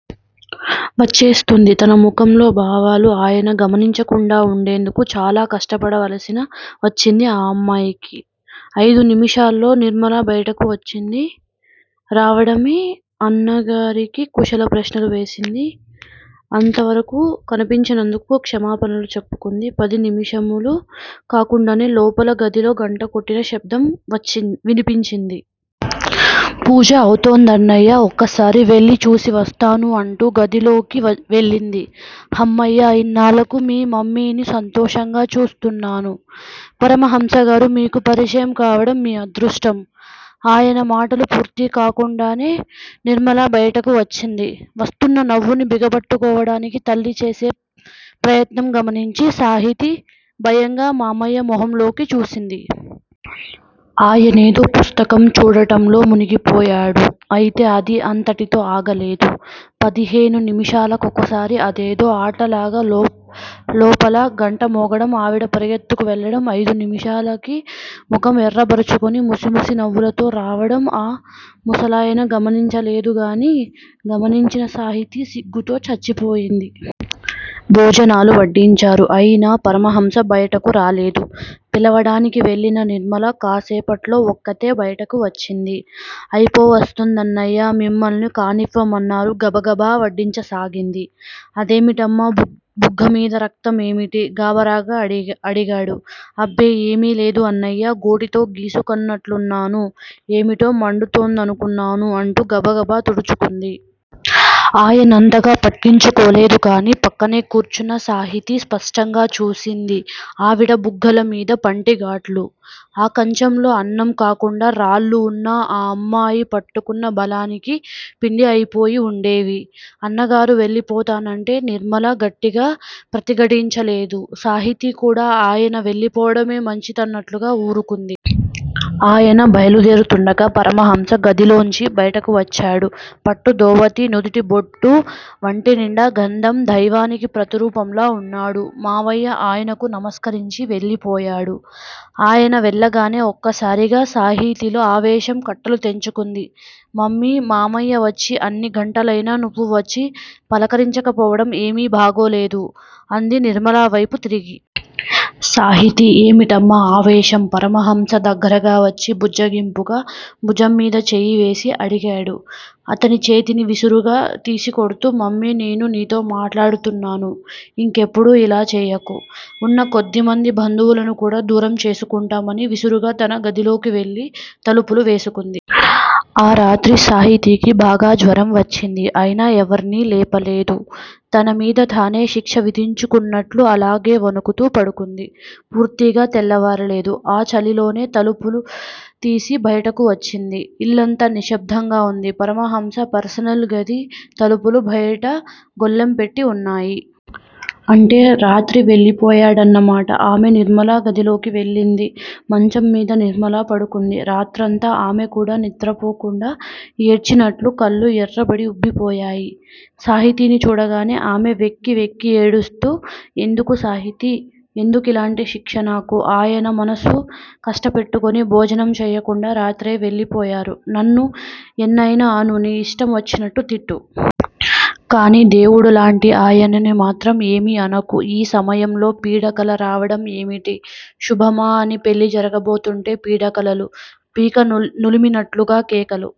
వచ్చేస్తోంది తన ముఖంలో భావాలు ఆయన గమనించకుండా ఉండేందుకు చాలా కష్టపడవలసి వచ్చింది ఆ అమ్మాయికి. అయిదు నిమిషాల్లో నిర్మల బయటకు వచ్చింది. రావడమే అన్నగారిని కుశల ప్రశ్నలు వేసింది. అంత వరకూ కనిపించనందుకు క్షమాపణ చెప్పుకుంది. పది నిముషాలు కాకుండానే లోపల గదిలో గంట కొట్టిన శబ్దం వినిపించింది. పూజ అవుతోందన్నయ్యా ఒక్కసారి వెళ్ళి చూసి వస్తాను అంటూ గదిలోకి వెళ్ళింది. హమ్మయ్యా! ఇన్నాళ్ళకు మీ మమ్మీని సంతోషంగా చూస్తున్నాను. పరమహంసగారు మీకు పరిచయం కావడం మీ అదృష్టం ఆయన మాటలు పూర్తిగాకుండానే నిర్మల బైటకు వచ్చింది. వస్తున్న నవ్వుని బిగపట్టుకోవడానికి తల్లిచేసే ప్రయత్నం గమనించి, సాహితి భయంగా మావయ్య మొహంలోకి చూసింది. ఆయనేదో పుస్తకం చూడటంలో మునిగిపోయాడు. అయితే అది అంతటితో ఆగలేదు. పదిహేను నిమిషాలకోసారి అదేదో ఆటలాగా లోపల గంట మోగడం ఆవిడ పరుగెత్తుకు వెళ్ళడం అయిదు నిమిషాలకి ముఖం ఎర్రబరుచుకొని ముసిముసి నవ్వులతో రావడం ఆ ముసలయన గమనించలేదు గాని, గమనించిన సాహితి సిగ్గుతో చచ్చిపోయింది. భోజనాలు వడ్డించారు. అయినా పరమహంస బయటకు రాలేదు. పిలవడానికి వెళ్ళిన నిర్మల కాస్సేపట్లో ఒక్కతే బయటికి వచ్చింది. అయిపోవస్తుందన్నయ్యా! మిమ్మల్ని కానివ్వమన్నారు గబగబా వడ్డించసాగింది. అదేంటమ్మా బుగ్గమీద రక్తం ఏమిటీ? గాబరాగా అడిగాడు. అబ్బే, ఏమీ లేదు అన్నయ్యా! గోటితో గీసుకునట్లున్నాను. ఏమిటో మండుతోందనుకున్నాను అంటూ గబగబా తుడుచుకుంది. ఆయనంతగా పట్టించుకోలేదు గాని, పక్కనే కూర్చున్న సాహితి స్పష్టంగా చూసింది ఆవిడ బుగ్గల మీద పంటిగాట్లు! ఆ కంచంలో అన్నం కాకుండా, రాళ్ళు వున్నా ఆ అమ్మాయి పట్టుకున్న బలానికి పిండి అయిపోయి వుండేవి. అన్నగారు వెళ్ళిపోతానంటే నిర్మల గట్టిగా ప్రతిఘటించలేదు. సాహితి కూడా ఆయన వెళ్ళిపోవడమే మంచిదన్నట్లుగా వూరుకుంది. ఆయన బయలు దేరుతుండగా పరమహంస గదిలోంచి బయటకు వచ్చాడు. పట్టు ధోవతి, నుదుటి బొట్టూ, వంటినిండా గంధం దైవానికి ప్రతిరూపంలా వున్నాడు. మావయ్య ఆయనకు నమస్కరించి వెళ్ళిపోయాడు. ఆయన వెళ్ళగానే ఒక్కసారిగా సాహితిలో ఆవేశం కట్టలు తెంచుకుంది. మమ్మీ! మావయ్య వచ్చి అన్ని గంటలైనా నువ్వు వచ్చి పలకరించకపోవడం ఏమీ బాగోలేదు అంది నిర్మలవైపు తిరిగి. సాహితీ! ఏమిటమ్మా ఆవేశం? పరమహంస దగ్గరగా వచ్చి బుజ్జగింపుగా భుజంమీద చెయ్యివేసి అడిగాడు. అతని చేతిని విసురుగా తీసికొడ్తూ మమ్మీ నేను నీతో మాట్లాడుతున్నాను ఇంకెప్పుడూ ఇలా చేయకు. ఉన్న కొద్దిమంది బంధువులను కూడా దూరం చేసుకుంటాం అని విసురుగా తన గదిలోకి వెళ్ళి తలుపులు వేసేసుకుంది. ఆ రాత్రి సాహితికి బాగా జ్వరం వచ్చింది. అయినా ఎవర్నీ లేపలేదు. తనమీద తనే శిక్ష విధించుకున్నట్లు అలాగే వణుకుతూ పడుకుంది. పూర్తిగా తెల్లవారలేదు. ఆ చలిలోనే తలుపు తీసి బయటకు వచ్చింది. ఇల్లంతా నిశ్శబ్దంగా వుంది. పరమహంస పెర్సనల్ గది తలుపులు బయట గొళ్ళెం పెట్టి వున్నాయి. అంటే రాత్రే వెళ్ళిపోయాడన్నమాట. ఆమె నిర్మల గదిలోకి వెళ్ళింది. మంచం మీద నిర్మల పడుకుంది. రాత్రంతా ఆమెకూడా నిద్రపోకుండా ఏడ్చినట్లు కళ్ళు ఎర్రబడి వుబ్బి పోయాయి. సాహితిని చూడగానే ఆమె వెక్కి వెక్కి ఏడుస్తూ ఎందుకు సాహితీ! ఎందుకిలాంటి శిక్ష నాకు? ఆయన మనసు కష్టపెట్టుకుని భోజనం చెయ్యకుండా రాత్రే వెళ్ళిపోయారు నన్ను ఎన్నయినా అను నీ ఇష్టం వచ్చినట్లు తిట్టు. కానీ దేవుడిలాంటి ఆయన్ని మాత్రం ఏమీ అనకు. ఈ సమయంలో పీడకల రావడం ఏమిటి? శుభమా అని పెళ్ళి జరగబోతుంటే పీడకలలూ, పీక నులిమినట్టు కేకలూ-